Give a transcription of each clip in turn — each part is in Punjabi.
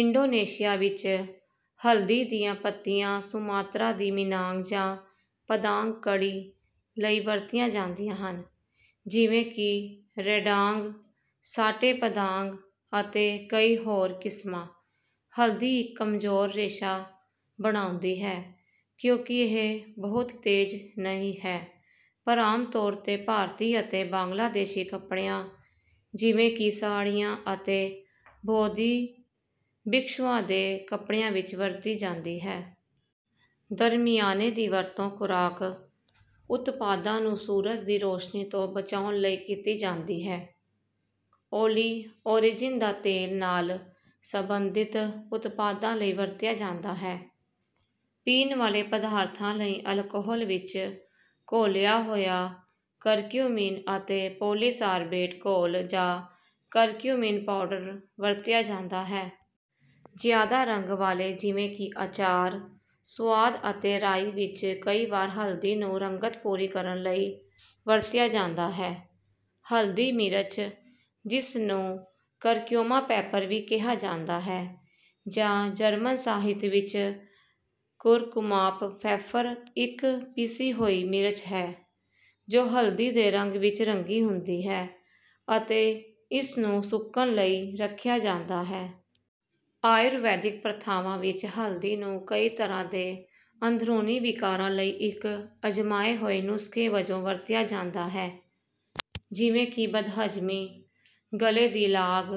ਇੰਡੋਨੇਸ਼ੀਆ ਵਿੱਚ, ਹਲਦੀ ਦੀਆਂ ਪੱਤੀਆਂ ਸੁਮਾਤਰਾ ਦੀ ਮਿਨਾਂਗ ਜਾਂ ਪਦਾਂਗ ਕੜ੍ਹੀ ਲਈ ਵਰਤੀਆਂ ਜਾਂਦੀਆਂ ਹਨ, ਜਿਵੇਂ ਕਿ ਰੈਂਡਾਂਗ, ਸਾਟੇ ਪਦਾਂਗ ਅਤੇ ਕਈ ਹੋਰ ਕਿਸਮਾਂ। ਹਲਦੀ ਇੱਕ ਕਮਜ਼ੋਰ ਰੇਸ਼ਾ ਬਣਾਉਂਦੀ ਹੈ, ਕਿਉਂਕਿ ਇਹ ਬਹੁਤ ਤੇਜ਼ ਨਹੀਂ ਹੈ, ਪਰ ਆਮ ਤੌਰ 'ਤੇ ਭਾਰਤੀ ਅਤੇ ਬੰਗਲਾਦੇਸ਼ੀ ਕੱਪੜਿਆਂ, ਜਿਵੇਂ ਕਿ ਸਾੜ੍ਹੀਆਂ ਅਤੇ ਬੋਧੀ ਭਿਕਸ਼ੂਆਂ ਦੇ ਕੱਪੜਿਆਂ ਵਿੱਚ ਵਰਤੀ ਜਾਂਦੀ ਹੈ। ਦਰਮਿਆਨੇ ਦੀ ਵਰਤੋਂ ਖੁਰਾਕ ਉਤਪਾਦਾਂ ਨੂੰ ਸੂਰਜ ਦੀ ਰੌਸ਼ਨੀ ਤੋਂ ਬਚਾਉਣ ਲਈ ਕੀਤੀ ਜਾਂਦੀ ਹੈ। ਓਲੀਓਰੇਜ਼ਿਨ ਦਾ ਤੇਲ ਨਾਲ ਸਬੰਧਿਤ ਉਤਪਾਦਾਂ ਲਈ ਵਰਤਿਆ ਜਾਂਦਾ ਹੈ। ਪੀਣ ਵਾਲੇ ਪਦਾਰਥਾਂ ਲਈ ਅਲਕੋਹਲ ਵਿੱਚ ਘੋਲਿਆ ਹੋਇਆ ਕਰਕਿਊਮਿਨ ਅਤੇ ਪੋਲੀਸਾਰਬੇਟ ਘੋਲ ਜਾਂ ਕਰਕਿਊਮਿਨ ਪਾਊਡਰ ਵਰਤਿਆ ਜਾਂਦਾ ਹੈ। ਜ਼ਿਆਦਾ ਰੰਗ ਵਾਲੇ, ਜਿਵੇਂ ਕਿ ਅਚਾਰ, ਸੁਆਦ ਅਤੇ ਰਾਈ ਵਿੱਚ, ਕਈ ਵਾਰ ਹਲਦੀ ਨੂੰ ਰੰਗਤ ਪੂਰੀ ਕਰਨ ਲਈ ਵਰਤਿਆ ਜਾਂਦਾ ਹੈ। ਹਲਦੀ ਮਿਰਚ, ਜਿਸ ਨੂੰ ਕਰਕਿਊਮਾ ਪੈਪਰ ਵੀ ਕਿਹਾ ਜਾਂਦਾ ਹੈ ਜਾਂ ਜਰਮਨ ਸਾਹਿਤ ਵਿੱਚ ਕੁਰਕੁਮਾਪਫੈਫਰ, ਇੱਕ ਪੀਸੀ ਹੋਈ ਮਿਰਚ ਹੈ ਜੋ ਹਲਦੀ ਦੇ ਰੰਗ ਵਿੱਚ ਰੰਗੀ ਹੁੰਦੀ ਹੈ ਅਤੇ ਇਸ ਨੂੰ ਸੁੱਕਣ ਲਈ ਰੱਖਿਆ ਜਾਂਦਾ ਹੈ। ਆਯੁਰਵੈਦਿਕ ਪ੍ਰਥਾਵਾਂ ਵਿੱਚ, ਹਲਦੀ ਨੂੰ ਕਈ ਤਰ੍ਹਾਂ ਦੇ ਅੰਦਰੂਨੀ ਵਿਕਾਰਾਂ ਲਈ ਇੱਕ ਅਜ਼ਮਾਏ ਹੋਏ ਨੁਸਖੇ ਵਜੋਂ ਵਰਤਿਆ ਜਾਂਦਾ ਹੈ, ਜਿਵੇਂ ਕਿ ਬਦਹਜ਼ਮੀ, ਗਲੇ ਦੀ ਲਾਗ,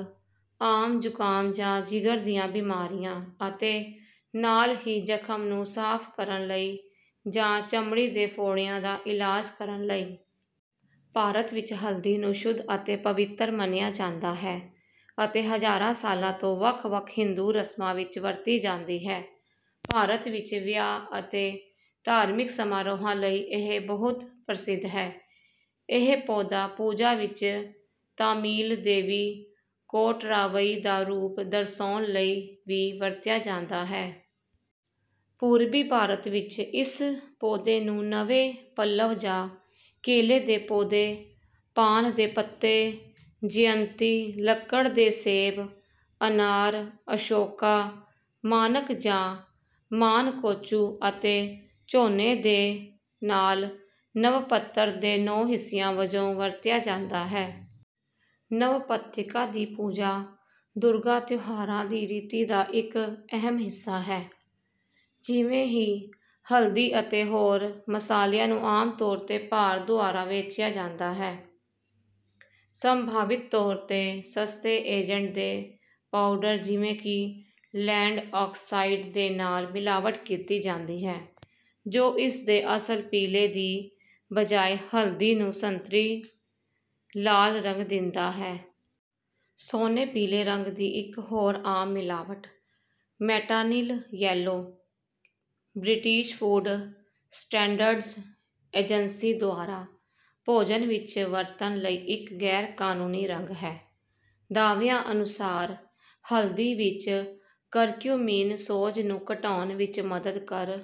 ਆਮ ਜ਼ੁਕਾਮ ਜਾਂ ਜਿਗਰ ਦੀਆਂ ਬਿਮਾਰੀਆਂ, ਅਤੇ ਨਾਲ ਹੀ ਜ਼ਖ਼ਮ ਨੂੰ ਸਾਫ਼ ਕਰਨ ਲਈ ਜਾਂ ਚਮੜੀ ਦੇ ਫੋੜਿਆਂ ਦਾ ਇਲਾਜ ਕਰਨ ਲਈ। ਭਾਰਤ ਵਿੱਚ ਹਲਦੀ ਨੂੰ ਸ਼ੁੱਧ ਅਤੇ ਪਵਿੱਤਰ ਮੰਨਿਆ ਜਾਂਦਾ ਹੈ ਅਤੇ ਹਜ਼ਾਰਾਂ ਸਾਲਾਂ ਤੋਂ ਵੱਖ-ਵੱਖ ਹਿੰਦੂ ਰਸਮਾਂ ਵਿੱਚ ਵਰਤੀ ਜਾਂਦੀ ਹੈ। ਭਾਰਤ ਵਿੱਚ ਵਿਆਹ ਅਤੇ ਧਾਰਮਿਕ ਸਮਾਰੋਹਾਂ ਲਈ ਇਹ ਬਹੁਤ ਪ੍ਰਸਿੱਧ ਹੈ। ਇਹ ਪੌਦਾ ਪੂਜਾ ਵਿੱਚ ਤਾਮਿਲ ਦੇਵੀ ਕੋਟਰਾਵਈ ਦਾ ਰੂਪ ਦਰਸਾਉਣ ਲਈ ਵੀ ਵਰਤਿਆ ਜਾਂਦਾ ਹੈ। ਪੂਰਬੀ ਭਾਰਤ ਵਿੱਚ, ਇਸ ਪੌਦੇ ਨੂੰ ਨਵੇਂ ਪੱਲਵ ਜਾਂ ਕੇਲੇ ਦੇ ਪੌਦੇ, ਪਾਨ ਦੇ ਪੱਤੇ, ਜਯੰਤੀ, ਲੱਕੜ ਦੇ ਸੇਬ, ਅਨਾਰ, ਅਸ਼ੋਕਾ, ਮਾਨਕ ਜਾਂ ਮਾਨਕੋਚੂ ਅਤੇ ਝੋਨੇ ਦੇ ਨਾਲ ਨਵਪੱਤਰ ਦੇ ਨੌਂ ਹਿੱਸਿਆਂ ਵਜੋਂ ਵਰਤਿਆ ਜਾਂਦਾ ਹੈ। ਨਵਪੱਤ੍ਰਿਕਾ ਦੀ ਪੂਜਾ ਦੁਰਗਾ ਤਿਉਹਾਰਾਂ ਦੀ ਰੀਤੀ ਦਾ ਇੱਕ ਅਹਿਮ ਹਿੱਸਾ ਹੈ। ਜਿਵੇਂ ਹੀ ਹਲਦੀ ਅਤੇ ਹੋਰ ਮਸਾਲਿਆਂ ਨੂੰ ਆਮ ਤੌਰ 'ਤੇ ਭਾਰ ਦੁਆਰਾ ਵੇਚਿਆ ਜਾਂਦਾ ਹੈ, ਸੰਭਾਵਿਤ ਤੌਰ 'ਤੇ ਸਸਤੇ ਏਜੰਟ ਦੇ ਪਾਊਡਰ, ਜਿਵੇਂ ਕਿ ਲੈੱਡ ਆਕਸਾਈਡ ਦੇ ਨਾਲ ਮਿਲਾਵਟ ਕੀਤੀ ਜਾਂਦੀ ਹੈ, ਜੋ ਇਸ ਦੇ ਅਸਲ ਪੀਲੇ ਦੀ ਬਜਾਏ ਹਲਦੀ ਨੂੰ ਸੰਤਰੀ-ਲਾਲ ਰੰਗ ਦਿੰਦਾ ਹੈ। ਸੋਨੇ-ਪੀਲੇ ਰੰਗ ਦੀ ਇੱਕ ਹੋਰ ਆਮ ਮਿਲਾਵਟ, metanil yellow, British Food Standards Agency ਦੁਆਰਾ ਭੋਜਨ ਵਿੱਚ ਵਰਤਣ ਲਈ ਇੱਕ ਗੈਰ-ਕਾਨੂੰਨੀ ਰੰਗ ਹੈ। ਦਾਅਵਿਆਂ ਅਨੁਸਾਰ ਹਲਦੀ ਵਿੱਚ ਕਰਕਿਊਮਿਨ ਸੋਜ ਨੂੰ ਘਟਾਉਣ ਵਿੱਚ ਮਦਦ ਕਰ